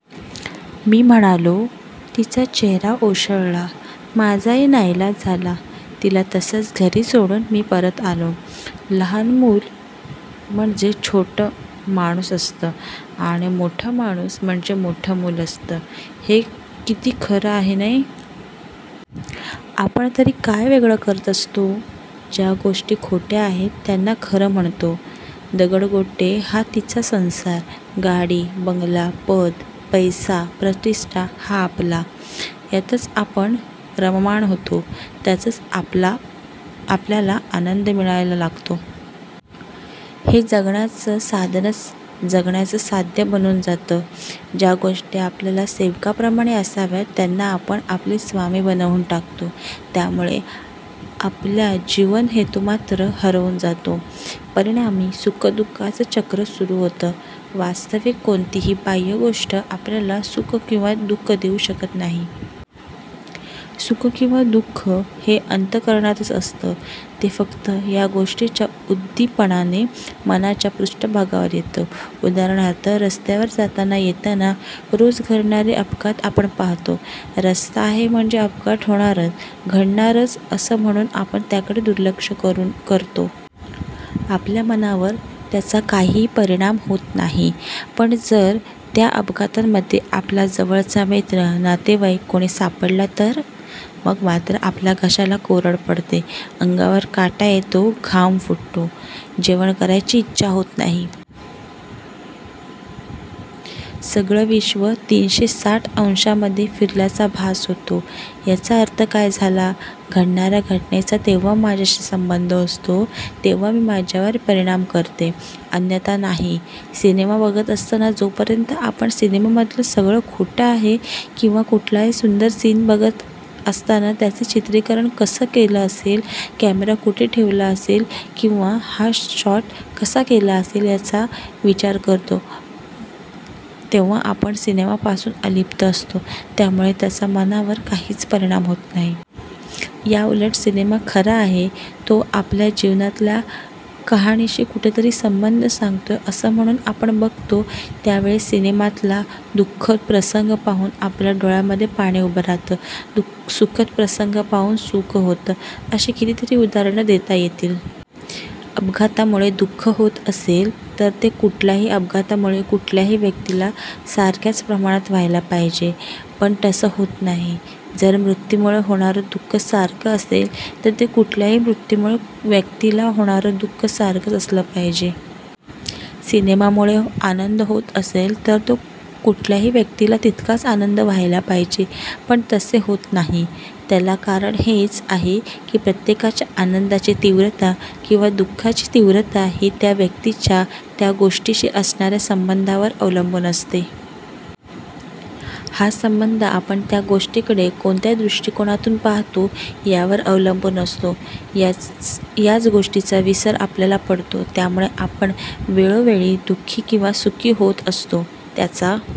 मी म्हणालो. तिचा चेहरा ओशाळला. माझाही नाईलाज झाला. तिला तसंच घरी सोडून, मी परत आलो. लहान मूल म्हणजे छोटं माणूस असतं आणि मोठं माणूस म्हणजे मोठं मूल असतं. हे किती खरं आहे नाही? आपण तरी काय वेगळं करत असतो? ज्या गोष्टी खोट्या आहेत त्यांना खरं म्हणतो. दगडगोटे हा तिचा संसार. गाडी, बंगला, पद, पैसा, प्रतिष्ठा हा आपला! यातच आपण रममाण होतो. त्यातच आपल्याला आनंद मिळायला लागतो. हे जगण्याचं साधनच जगण्याचं साध्य बनून जातं. ज्या गोष्टी आपल्या सेवकाप्रमाणे असाव्यात त्यांना आपण आपला स्वामी बनवून टाकतो. त्यामुळे आपला जीवनहेतू मात्र हरवून जातो. परिणामी सुखदु:खाचं चक्र सुरू होतं. वास्तविक कोणतीही बाह्य गोष्ट आपल्याला सुख किंवा दुःख देऊ शकत नाही. सुख किंवा दुःख हे आपल्या अंत:करणातच असतं. ते फक्त या गोष्टींच्या उद्दीपनाने मनाच्या पृष्ठभागावर येतं. उदाहरणार्थ, रस्त्यावर जाताना येताना रोज घडणारे अपघात आपण पाहतो. रस्ता आहे म्हणजे अपघात होणारच, घडणारच असं म्हणून आपण त्याकडे दुर्लक्ष करतो. आपल्या मनावर त्याचा काहीही परिणाम होत नाही, पण जर त्या अपघातांमध्ये आपला जवळचा मित्र, नातेवाईक कुणी सापडलं तर? मग मात्र आपल्या घशाला कोरड पडते. अंगावर काटा येतो. घाम फुटतो. जेवण करायची इच्छा होत नाही. सगळं विश्व तीनशे साठ अंशामध्ये फिरल्याचा भास होतो. याचा अर्थ काय झाला? घडणाऱ्या घटनेचा जेव्हा माझ्याशी संबंध असतो तेव्हा ती माझ्यावर परिणाम करते, अन्यथा नाही. सिनेमा बघत असताना जोपर्यंत आपण सिनेमामधलं सगळं खोटं आहे किंवा कुठलाही सुंदर सीन बघत असताना त्याचे चित्रीकरण कसं केलं असेल, कॅमेरा कुठे ठेवला असेल किंवा हा शॉट कसा केला असेल याचा विचार करतो तेव्हा आपण सिनेमापासून अलिप्त असतो, त्यामुळे त्याचा मनावर काहीच परिणाम होत नाही. याउलट सिनेमा खरा आहे. तो आपल्या जीवनातल्या कहाणीशी कुठेतरी संबंध सांगतोय असं म्हणून आपण बघतो, त्या वेळेस सिनेमातला दुःखद प्रसंग पाहून आपल्या डोळ्यांमध्ये पाणी उभं राहतं. सुखद प्रसंग पाहून सुख होतं. अशी कितीतरी उदाहरणं देता येतील. अपघातामुळे दुःख होत असेल तर ते कुठल्याही अपघातामुळे कुठल्याही व्यक्तीला सारख्याच प्रमाणात व्हायला पाहिजे, पण तसं होत नाही. जर मृत्यूमुळे होणारं दुःख सारखं असेल तर कुठल्याही मृत्यूमुळे व्यक्तीला होणारं दुःख सारखं असलं पाहिजे. सिनेमामुळे आनंद होत असेल तर कुठल्याही व्यक्तीला तितकाच आनंद व्हायला पाहिजे, पण तसे होत नाही, त्याला कारण हेच आहे की प्रत्येकाच्या आनंदाची तीव्रता किंवा दुःखाची तीव्रता ही त्या व्यक्तीच्या त्या गोष्टीशी असणाऱ्या संबंधावर अवलंबून असते. हा संबंध आपण त्या गोष्टीकडे कोणत्या दृष्टीकोनातून पाहतो यावर अवलंबून असतो. याच गोष्टीचा विसर आपल्याला पडतो. त्यामुळे आपण वेळोवेळी दुःखी किंवा सुखी होत असतो. त्याचा